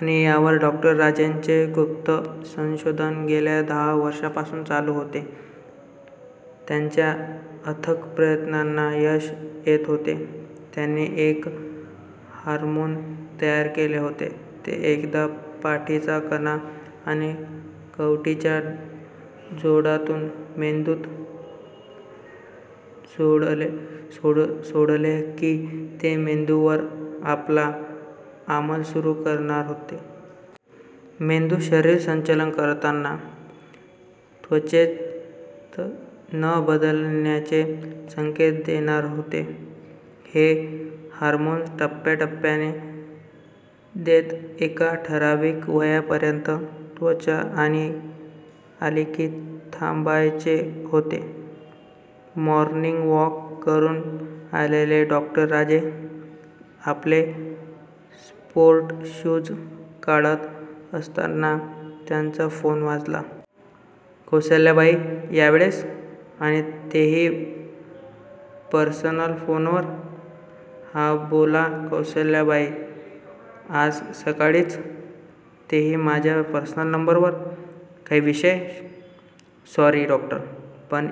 आणि यावरच डॉ. राजेंचे गुप्त संशोधन गेल्या दहा वर्षांपासून चालू होते! त्यांच्या अथक प्रयत्नांना यश येत होते! त्यांनी एक हार्मोन तयार केले होते. ते एकदा पाठीचा कणा आणि कवटीच्या जोडातून मेंदूत सोडले कि ते मेंदूवर आपला आमल सुरु करणार होते. मेंदू शरीरसंचलन करताना, त्वचेस न बदलण्याचे संकेत देणार होते! हे हार्मोन टप्या -टप्याने देत एका ठराविक वया पर्यंत त्वचा आली कि थांबायचे होते. मॉर्निगवॉक करून आलेलं डॉ. राजे आपले स्पोर्टशूज काढत असताना त्यांचा फोन वाजला. कौसल्याबाई? या वेळेस? आणि तेही पर्सनल फोनवर? "हा, बोला कौसल्याबाई. आज सकाळीच? तेही माझ्या पर्सनल नंबरवर? काही विशेष? " "सॉरी डॉक्टर, पण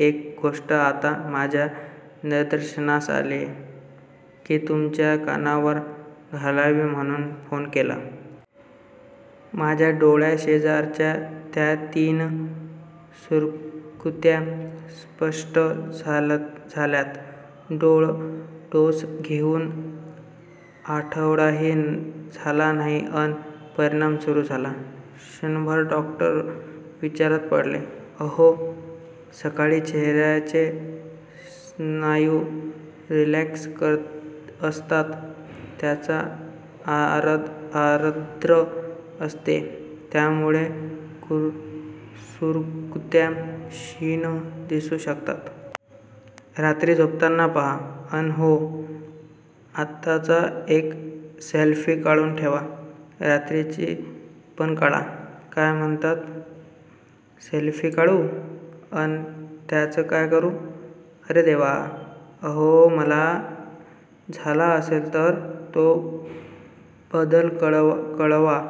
एक गोष्ट आत्ता माझ्या निदर्शनास आलीय. ती तुमच्या कानावर घालावी म्हणून फोन केला. " "माझ्या डोळ्या शेजारच्या त्या तीन सुरकुत्या अस्पष्ट झाल्यात! " डोस देऊन आठवडाही झाला नाही अन परिणाम सुरु झाला? क्षणभर डॉक्टर विचारात पडले. "अहो, सकाळी चेहऱ्याचे स्नायू रिलॅक्स असतात, त्वचा आरद्र असते, त्यामुळे सुरकुत्या क्षीण दिसू शकतात! रात्री झोपताना पहा! अन हो, आत्ताचा एक सेल्फी काढून ठेवा! रात्रीची पण काढा! " "काय म्हणता? सेल्फी काढू? अन त्याच काय करू? " "अरे देवा! अहो मला, झाला असेल तर, तो बदल कळवा,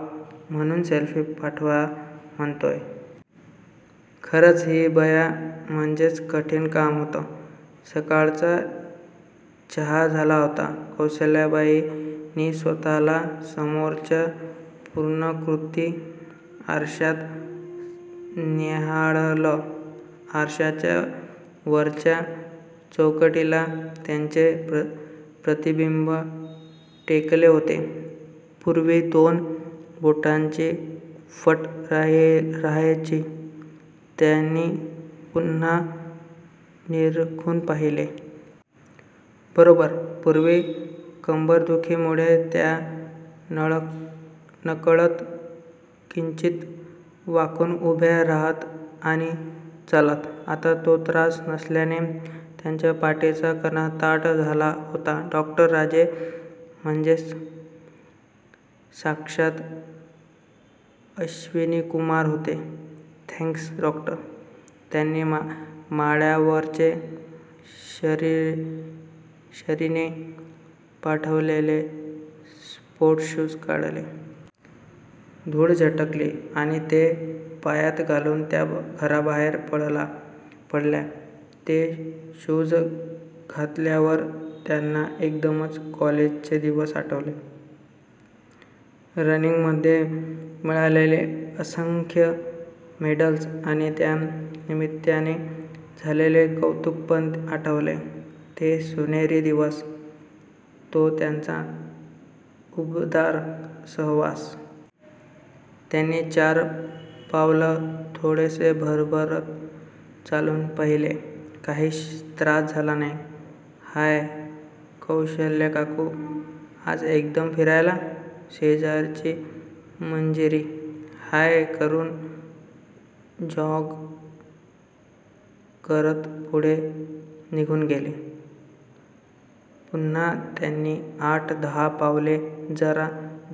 म्हणून सेल्फी पाठवा म्हणतोय! " खरच हि बया म्हणजे कठीण काम होते. सकाळचा चहा झाला होता. कौसल्याबाईंनी स्वतःला समोरच्या पूर्णाकृती आरश्यात न्याहाळलं. आरशाच्या वरच्या चौकटीला त्यांचे प्रतिबिंब टेकले होते. पूर्वी दोन बोटांची फट रहायची! त्यांनी पुन्हा निरखून पहिले. बरोबर! पूर्वी कंबरदुखीमुळे त्या नकळत किंचित वाकून उभ्या राहत आणि चालत. आता तो त्रास नसल्याने त्यांच्या पाठीचा कणा ताठ झाला होता! डॉ. राजे म्हणजे साक्षात 'अश्विनीकुमार' होते! Thanks doctor! त्यांनी माळ्यावरचे, शरीने पाठवलेले स्पोर्टशूज काढले. धूळ झटकली आणि ते पायात घालून त्या घराबाहेर पडल्या. हे शूज घातल्यावर त्यांना एकदम कॉलेजचे दिवस आठवले. रनिंगमध्ये मिळालेली असंख्य मेडल्स आणि त्या निमित्याने झालेले कौतुक पण आठवले! ते सोनेरी दिवस! तो त्याचा उबदार सहवास! त्यांनी चार पावलं थोडेसे भरभर चालून पहिले. काही त्रास झाला नाही. "हाय, कौशल्यकाकू! आज एकदम फिरायला? " शेजारची मंजिरी, हाय करून जॉग करत पुढे निघून गेली. पुन्हा त्यांनी आठ दहा पावले जरा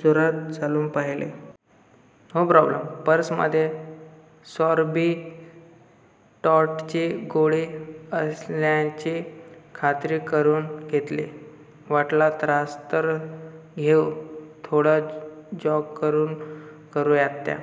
जोरात चालून पहिले. No problem! पर्स मध्ये सॉरबिटॉटची गोळी असल्याची खात्री करून घेतली. वाटला त्रास तर घेऊ.थोडं जॉग करूयात! त्या